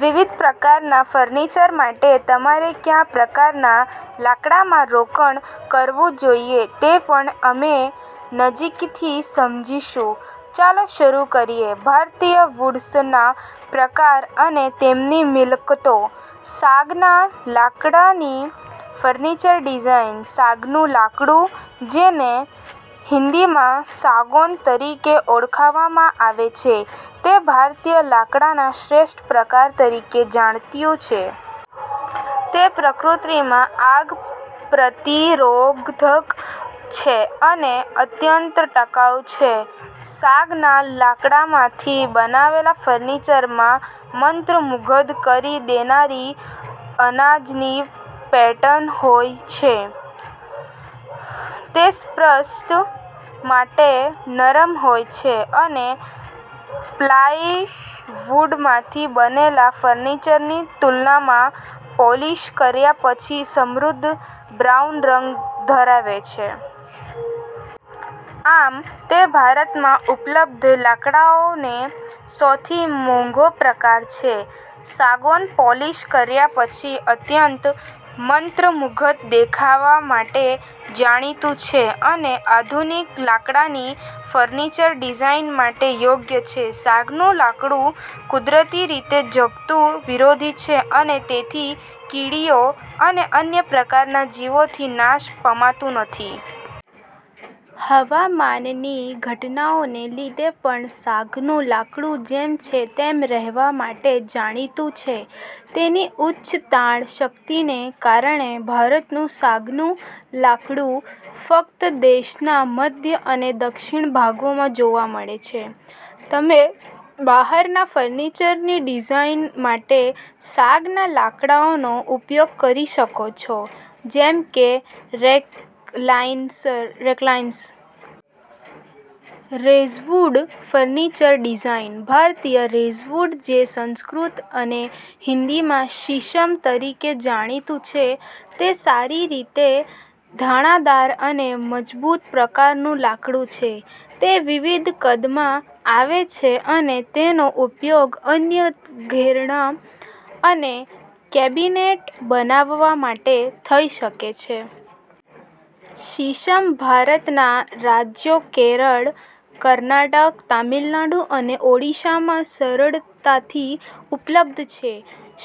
વિવિધ પ્રકારના ફર્નિચર માટે તમારે કયા પ્રકારના લાકડામાં રોકાણ કરવું જોઈએ તે પણ અમે નજીકથી સમજીશું. ચાલો, શરૂ કરીએ. ભારતીય વૂડ્સના પ્રકાર અને તેમની મિલકતો. સાગના લાકડાની ફર્નિચર ડિઝાઇન. સાગનું લાકડું, જેને હિન્દીમાં સાગૌન તરીકે ઓળખવામાં આવે છે, તે ભારતીય લાકડાના શ્રેષ્ઠ પ્રકાર તરીકે જાણીતું છે. તે પ્રકૃતિમાં આગ-પ્રતિરોધક છે અને અત્યંત ટકાઉ છે. સાગના લાકડામાંથી બનાવેલા ફર્નિચરમાં મંત્રમુગ્ધ કરી દેનારી અનાજની પેટર્ન હોય છે. તે સ્પર્શ માટે નરમ હોય છે અને પ્લાયવુડમાંથી બનેલા ફર્નિચરની તુલનામાં પોલિશ કર્યા પછી સમૃદ્ધ બ્રાઉન રંગ ધરાવે છે. આમ, તે ભારતમાં ઉપલબ્ધ લાકડાનો સૌથી મોંઘો પ્રકાર છે. સાગૌન પોલિશ કર્યા પછી અત્યંત મંત્રમુગ્ધ દેખાવા માટે જાણીતું છે અને આધુનિક લાકડાની ફર્નિચર ડિઝાઇન માટે યોગ્ય છે. સાગનું લાકડું કુદરતી રીતે જંતુ વિરોધી છે અને તેથી કીડીઓ અને અન્ય પ્રકારની જીવાતોથી નાશ પામતું નથી. હવામાનની ઘટનાઓને લીધે પણ સાગનું લાકડું જેમ છે તેમ રહેવા માટે જાણીતું છે, તેની ઉચ્ચ તાણ શક્તિને કારણે. ભારતનું સાગનું લાકડું ફક્ત દેશના મધ્ય અને દક્ષિણ ભાગોમાં જોવા મળે છે. તમે બહારના ફર્નિચરની ડિઝાઇન માટે સાગના લાકડાનો ઉપયોગ કરી શકો છો, જેમ કે રેક્લાઇનર્સ. Rosewood furniture design. ભારતીય રોઝવુડ, જે સંસ્કૃત અને હિન્દીમાં 'શીશમ' તરીકે જાણીતું છે, તે સારી રીતે દાણાદાર અને મજબૂત પ્રકારનું લાકડું છે. તે વિવિધ કદમાં આવે છે અને તેનો ઉપયોગ અનન્ય ઘરેણાં અને કેબિનેટ બનાવવા માટે થઈ શકે છે. શીશમ ભારતના રાજ્યો કેરળ, કર્ણાટક, તમિલનાડુ અને ઓડિશામાં સરળતાથી ઉપલબ્ધ છે.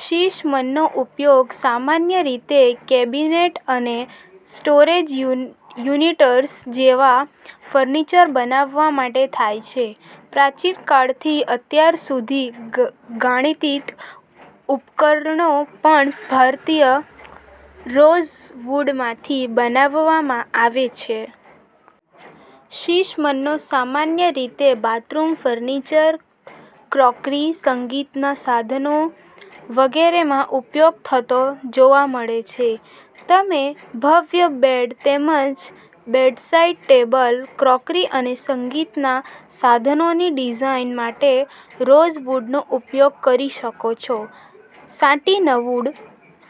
શીશમનો ઉપયોગ સામાન્ય રીતે કેબિનેટ અને સ્ટોરેજ યુનિટ્સ જેવા ફર્નિચર બનાવવા માટે થાય છે. પ્રાચીન કાળથી અત્યાર સુધી ગાણિતિક ઉપકરણો પણ ભારતીય રોઝવુડમાંથી બનાવવામાં આવ્યા છે. શીશમનો સામાન્ય રીતે બાથરૂમ ફર્નિચર, ક્રોકરી, સંગીતનાં સાધનો વગેરેમાં ઉપયોગ થતો જોવા મળે છે. તમે ભવ્ય બેડ તેમજ બેડસાઇડ ટેબલ, ક્રોકરી અને સંગીતનાં સાધનોની ડિઝાઇન માટે રોઝવુડનો ઉપયોગ કરી શકો છો. Satinwood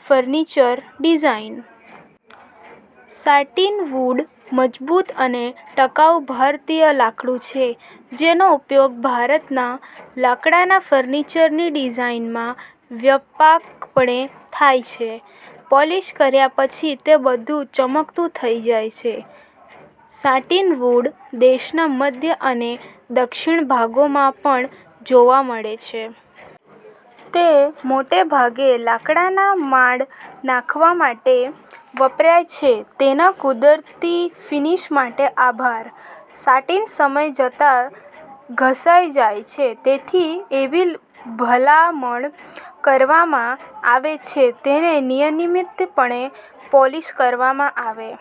furniture design. સાટીનવુડ મજબૂત અને ટકાઉ ભારતીય લાકડું છે જેનો ઉપયોગ ભારતના લાકડાના ફર્નિચરની ડિઝાઇનમાં વ્યાપકપણે થાય છે. પોલિશ કર્યા પછી, તે બધું ચમકતું થઈ જાય છે. સાટીનવુડ દેશના મધ્ય અને દક્ષિણ ભાગોમાં પણ જોવા મળે છે. તે મોટે ભાગે લાકડાના માળ નાખવા માટે વપરાય છે, તેના કુદરતી ફિનિશ માટે આભાર. સાટિન સમય જતાં ઘસાઈ જાય છે, તેથી એવી ભલામણ કરવામાં આવે છે કે તેને નિયમિતપણે પોલિશ કરવામાં આવે.